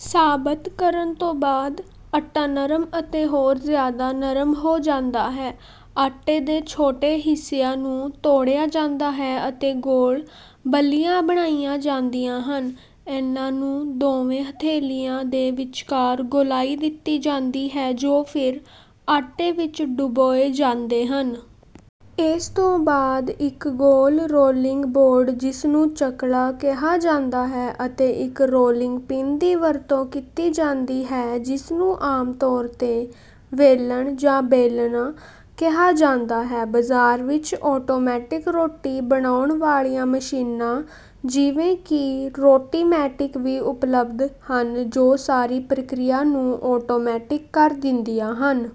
ਸਾਬਤ ਕਰਨ ਤੋਂ ਬਾਅਦ, ਆਟਾ ਨਰਮ ਅਤੇ ਹੋਰ ਜ਼ਿਆਦਾ ਨਰਮ ਹੋ ਜਾਂਦਾ ਹੈ। ਆਟੇ ਦੇ ਛੋਟੇ ਹਿੱਸਿਆਂ ਨੂੰ ਤੋੜਿਆ ਜਾਂਦਾ ਹੈ ਅਤੇ ਗੋਲ ਬੱਲੀਆਂ ਬਣਾਈਆਂ ਜਾਂਦੀਆਂ ਹਨ। ਇਨ੍ਹਾਂ ਨੂੰ ਦੋਵੇਂ ਹਥੇਲੀਆਂ ਦੇ ਵਿਚਕਾਰ ਗੋਲਾਈ ਦਿੱਤੀ ਜਾਂਦੀ ਹੈ ਜੋ ਫਿਰ ਆਟੇ ਵਿੱਚ ਡੁਬੋਏ ਜਾਂਦੇ ਹਨ। ਇਸ ਤੋਂ ਬਾਅਦ ਇੱਕ ਗੋਲ ਰੋਲਿੰਗ ਬੋਰਡ, ਜਿਸਨੂੰ ਚੱਕਲਾ ਕਿਹਾ ਜਾਂਦਾ ਹੈ, ਅਤੇ ਇੱਕ ਰੋਲਿੰਗ ਪਿੰਨ ਦੀ ਵਰਤੋਂ ਕੀਤੀ ਜਾਂਦੀ ਹੈ ਜਿਸਨੂੰ ਆਮ ਤੌਰ 'ਤੇ ਵੇਲਣ ਜਾਂ ਬੇਲਨਾ ਕਿਹਾ ਜਾਂਦਾ ਹੈ। ਬਾਜ਼ਾਰ ਵਿੱਚ ਆਟੋਮੈਟਿਕ ਰੋਟੀ ਬਣਾਉਣ ਵਾਲੀਆਂ ਮਸ਼ੀਨਾਂ ਜਿਵੇਂ ਕਿ ਰੋਟੀਮੈਟਿਕ ਵੀ ਉਪਲਬਧ ਹਨ ਜੋ ਸਾਰੀ ਪ੍ਰਕਿਰਿਆ ਨੂੰ ਆਟੋਮੈਟਿਕ ਕਰ ਦਿੰਦੀਆਂ ਹਨ।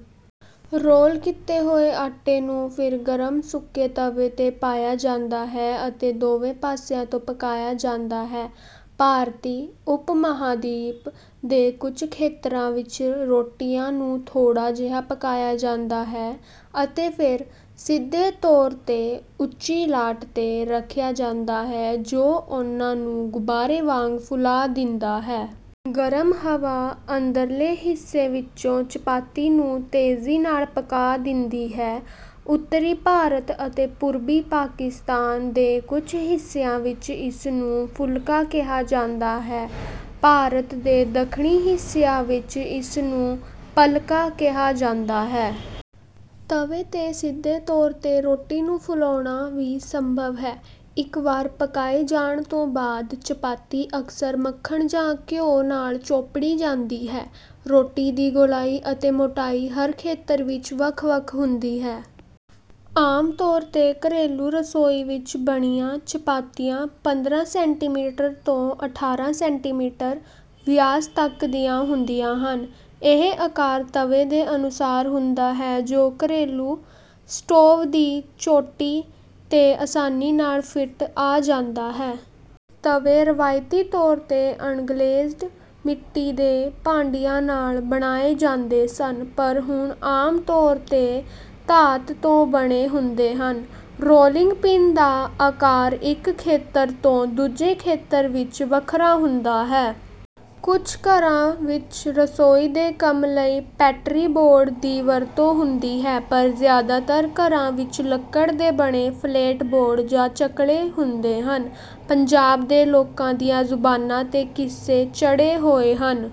ਰੋਲ ਕੀਤੇ ਹੋਏ ਆਟੇ ਨੂੰ ਫਿਰ ਗਰਮ ਸੁੱਕੇ ਤਵੇ 'ਤੇ ਪਾਇਆ ਜਾਂਦਾ ਹੈ ਅਤੇ ਦੋਵੇਂ ਪਾਸਿਆਂ ਤੋਂ ਪਕਾਇਆ ਜਾਂਦਾ ਹੈ। ਭਾਰਤੀ ਉਪ-ਮਹਾਂਦੀਪ ਦੇ ਕੁਝ ਖੇਤਰਾਂ ਵਿੱਚ ਰੋਟੀਆਂ ਨੂੰ ਥੋੜ੍ਹਾ ਜਿਹਾ ਪਕਾਇਆ ਜਾਂਦਾ ਹੈ, ਅਤੇ ਫਿਰ ਸਿੱਧੇ ਤੌਰ 'ਤੇ ਉੱਚੀ ਲਾਟ 'ਤੇ ਰੱਖਿਆ ਜਾਂਦਾ ਹੈ, ਜੋ ਉਨ੍ਹਾਂ ਨੂੰ ਗੁਬਾਰੇ ਵਾਂਗ ਫੁਲਾ ਦਿੰਦਾ ਹੈ। ਗਰਮ ਹਵਾ ਅੰਦਰਲੇ ਹਿੱਸੇ ਵਿੱਚੋਂ ਚਪਾਤੀ ਨੂੰ ਤੇਜ਼ੀ ਨਾਲ ਪਕਾ ਦਿੰਦੀ ਹੈ। ਉੱਤਰੀ ਭਾਰਤ ਅਤੇ ਪੂਰਬੀ ਪਾਕਿਸਤਾਨ ਦੇ ਕੁਝ ਹਿੱਸਿਆਂ ਵਿੱਚ ਇਸਨੂੰ ਫੁਲਕਾ ਕਿਹਾ ਜਾਂਦਾ ਹੈ। ਭਾਰਤ ਦੇ ਦੱਖਣੀ ਹਿੱਸਿਆਂ ਵਿੱਚ ਇਸਨੂੰ ਪਲਕਾ ਕਿਹਾ ਜਾਂਦਾ ਹੈ। ਤਵੇ 'ਤੇ ਸਿੱਧੇ ਤੌਰ 'ਤੇ ਰੋਟੀ ਨੂੰ ਫੁਲਾਉਣਾ ਵੀ ਸੰਭਵ ਹੈ। ਇੱਕ ਵਾਰ ਪਕਾਏ ਜਾਣ ਤੋਂ ਬਾਅਦ, ਚਪਾਤੀ ਅਕਸਰ ਮੱਖਣ ਜਾਂ ਘਿਓ ਨਾਲ ਚੋਪੜੀ ਜਾਂਦੀ ਹੈ। ਰੋਟੀ ਦੀ ਗੋਲਾਈ ਅਤੇ ਮੋਟਾਈ ਹਰ ਖੇਤਰ ਵਿੱਚ ਵੱਖ-ਵੱਖ ਹੁੰਦੀ ਹੈ। ਆਮ ਤੌਰ 'ਤੇ ਘਰੇਲੂ ਰਸੋਈ ਵਿੱਚ ਬਣੀਆਂ ਚਪਾਤੀਆਂ ਪੰਦਰਾਂ ਸੈਂਟੀਮੀਟਰ ਤੋਂ ਅਠਾਰਾਂ ਸੈਂਟੀਮੀਟਰ ਵਿਆਸ ਤੱਕ ਦੀਆਂ ਹੁੰਦੀਆਂ ਹਨ। ਇਹ ਆਕਾਰ ਤਵੇ ਦੇ ਅਨੁਸਾਰ ਹੁੰਦਾ ਹੈ ਜੋ ਘਰੇਲੂ ਸਟੋਵ ਦੀ ਚੋਟੀ 'ਤੇ ਆਸਾਨੀ ਨਾਲ ਫਿੱਟ ਆ ਜਾਂਦਾ ਹੈ। ਤਵੇ ਰਵਾਇਤੀ ਤੌਰ 'ਤੇ ਅਣਗਲੇਜ਼ਡ ਮਿੱਟੀ ਦੇ ਭਾਂਡਿਆਂ ਨਾਲ ਬਣਾਏ ਜਾਂਦੇ ਸਨ, ਪਰ ਹੁਣ ਆਮ ਤੌਰ 'ਤੇ ਧਾਤ ਤੋਂ ਬਣੇ ਹੁੰਦੇ ਹਨ। ਰੋਲਿੰਗ ਪਿੰਨ ਦਾ ਆਕਾਰ ਇੱਕ ਖੇਤਰ ਤੋਂ ਦੂਜੇ ਖੇਤਰ ਵਿੱਚ ਵੱਖਰਾ ਹੁੰਦਾ ਹੈ। ਕੁਝ ਘਰਾਂ ਵਿੱਚ ਰਸੋਈ ਦੇ ਕੰਮ ਲਈ ਪੈਟਰੀ ਬੋਰਡ ਦੀ ਵਰਤੋਂ ਹੁੰਦੀ ਹੈ, ਪਰ ਜ਼ਿਆਦਾਤਰ ਘਰਾਂ ਵਿੱਚ ਲੱਕੜ ਦੇ ਬਣੇ ਫਲੈਟ ਬੋਰਡ ਜਾਂ ਚੱਕਲੇ ਹੁੰਦੇ ਹਨ। ਪੰਜਾਬ ਦੇ ਲੋਕਾਂ ਦੀਆਂ ਜ਼ੁਬਾਨਾਂ 'ਤੇ ਕਿੱਸੇ ਚੜ੍ਹੇ ਹੋਏ ਹਨ।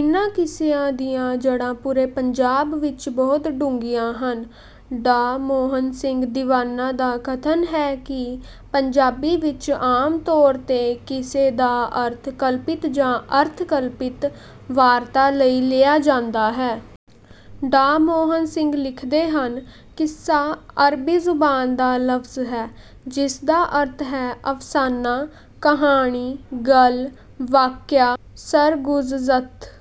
ਇਨ੍ਹਾਂ ਕਿੱਸਿਆਂ ਦੀਆਂ ਜੜ੍ਹਾਂ ਪੂਰੇ ਪੰਜਾਬ ਵਿੱਚ ਬਹੁਤ ਡੂੰਘੀਆਂ ਹਨ। ਡਾ. ਮੋਹਨ ਸਿੰਘ ਦੀਵਾਨਾ ਦਾ ਕਥਨ ਹੈ ਕਿ ਪੰਜਾਬੀ ਵਿੱਚ ਆਮ ਤੌਰ 'ਤੇ ਕਿੱਸੇ ਦਾ ਅਰਥ ਕਲਪਿਤ ਜਾਂ ਅਰਧ-ਕਲਪਿਤ ਵਾਰਤਾ ਲਈ ਲਿਆ ਜਾਂਦਾ ਹੈ। ਡਾ. ਮੋਹਨ ਸਿੰਘ ਲਿਖਦੇ ਹਨ: ਕਿੱਸਾ ਅਰਬੀ ਜ਼ੁਬਾਨ ਦਾ ਲਫ਼ਜ਼ ਹੈ ਜਿਸਦਾ ਅਰਥ ਹੈ: ਅਫ਼ਸਾਨਾ, ਕਹਾਣੀ, ਗੱਲ, ਵਾਕਿਆ, ਸਰਗੁਜ਼ਸ਼ਤ।